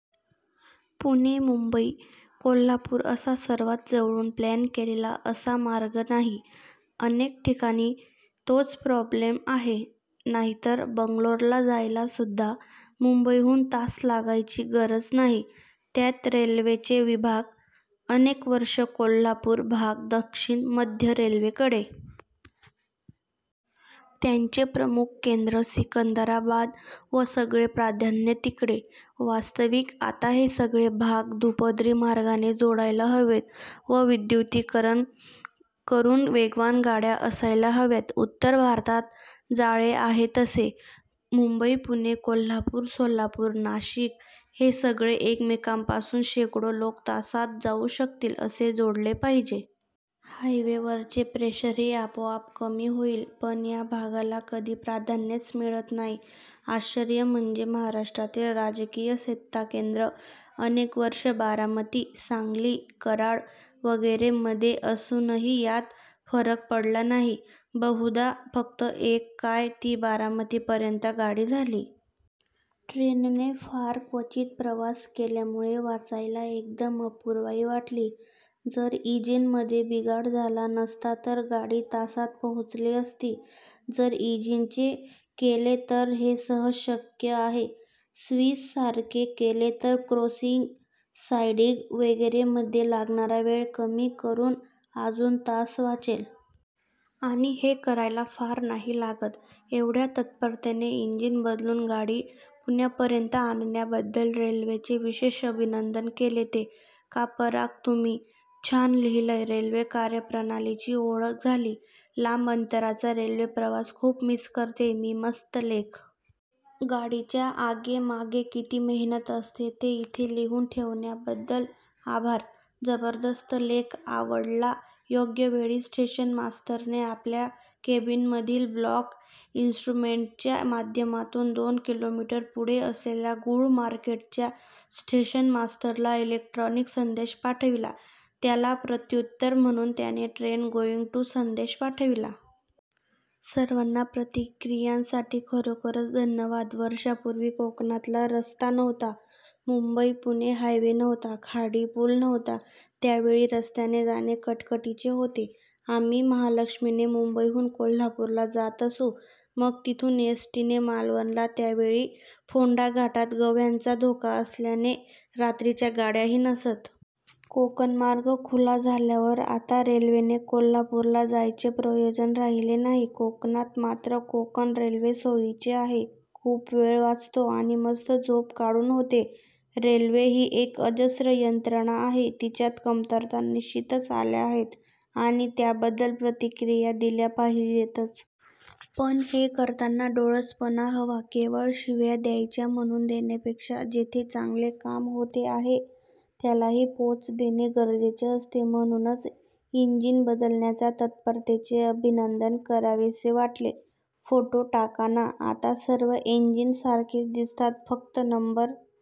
पुणे ुंबई-कोल्हापूर असा सर्वात जवळून प्लॅन केलेला असा मार्ग नाही. अनेक ठिकाणी तोच प्रॉब्लेम आहे. नाहीतर बंगलोर ला जायला सुद्धा मुंबईहून तास लागायची गरज नाही. त्यात रेल्वेचे विभाग. अनेक वर्षे कोल्हापूर भाग दक्षिण-मध्य रेल्वे कडे. त्यांचे प्रमुख केन्द्र सिकंदराबाद व सगळे प्राधान्य तिकडे. वास्तविक आता हे सगळे भाग दुपदरी मार्गाने जोडायला हवेत व विद्युतीकरण करून वेगवान गाड्या असायला हव्यात उत्तर भारतात जाळे आहे तसे. मुंबई-पुणे-कोल्हापूर-सोलापूर-नाशिक हे सगळे एकमेकांपासून शेकडो लोक तासांत जाउ शकतील असे जोडले पाहिजे. हायवेवरचे प्रेशरही आपोआप कमी होईल. पण या भागाला कधी प्राधान्यच मिळत नाही. आश्चर्य म्हणजे महाराष्ट्रातील राजकीय सत्ताकेन्द्र अनेक वर्षे बारामती, सांगली, कराड वगैरे मधे असूनही यात फरक पडला नाही. बहुधा फक्त एक काय ती बारामतीपर्यंत गाडी झाली. ट्रेनने फार क्वचित प्रवास केल्यामुळे वाचायला एकदम अपूर्वाई वाटली. जर ईजिन मध्ये बिघाड झाला नसता तर गाडी तासात पोहोचली असती. जर ईजिन चे केले तर हे सहज शक्य आहे. स्विस सारखे केले तर क्रोसिंग, साईडिग वगैरे मध्ये लागणारा वेळ कमी करुन आजुन तास वाचेल. आणि हे करायला फार नाही लागत. एवढ्या तत्परतेने इंजिन बदलून गाडी पुण्यापर्यंत आणल्याबद्दल रेल्वेचे विषेश अभिनंदन केलेते का पराग तुम्ही.. छान लिहलय! रेल्वे कार्यप्रणालीची ओळख झाली. लांब अंतराचा रेल्वे-प्रवास खूप मिस करतेय मीमस्त लेख. गाडीच्या आगेमागे किती मेहनत असते ते इथे लिहुन ठेवल्याबद्दल आभार. जबरदस्त लेख, आवडला. योग्यवेळी स्टेशन मास्तरने आपल्या केबीनमधील ब्लॉक इस्ट्रुमेंटच्या माध्यमातून दोन किलोमीटर पुढे असलेल्या गूळ मार्केटच्या स्टेशन मास्तरला इलेक्ट्रॉनिक संदेश पाठविला, त्याला प्रत्युत्तर म्हणून त्याने ट्रेन गोईंग टू संदेश पाठविला. सर्वांना प्रतिक्रियांसाठी खरोखरच धन्यवाद. वर्षांपुर्वी कोकणातला रस्ता नव्हता. मुंबई पुणे हायवे नव्हता, खाडी पूल नव्हता. त्यावेळी रस्त्याने जाणे कटकटीचे होते. आम्ही महालक्ष्मीने मुंबईहून कोल्हापूरला जात असू. मग तिथून एस टी ने मालवणला. त्यावेळी फोंडा घाटात गव्यांचा धोका असल्याने रात्रीच्या गाड्याही नसत. कोकणमार्ग खुला झाल्यावर आता रेल्वेने कोल्हापूरला जायचे प्रयोजन राहिले नाही. कोकणात मात्र कोकण रेल्वे सोयीची आहे. खुप वेळ वाचतो आणि मस्त झोप काढून होते. रेल्वे ही एक अजस्त्र यंत्रणा आहे. तिच्यात कमतरता निश्चितच आल्या आहेत आणि त्याबद्दल प्रतिक्रिया दिल्या पाहिजेतच. पण हे करताना डोळसपणा हवा. केवळ शिव्या द्यायच्या म्हणून देण्यापेक्षा जेथे चांगले काम होते आहे, त्यालाही पोच देणे गरजेचे असते. म्हणूनच इंजिन बदलण्याच्या तत्परतेचे अभिनंदन करावेसे वाटले. फोटो टाका ना! आता सर्व एंजिनं सारखीच दिसतात फक्त नंबर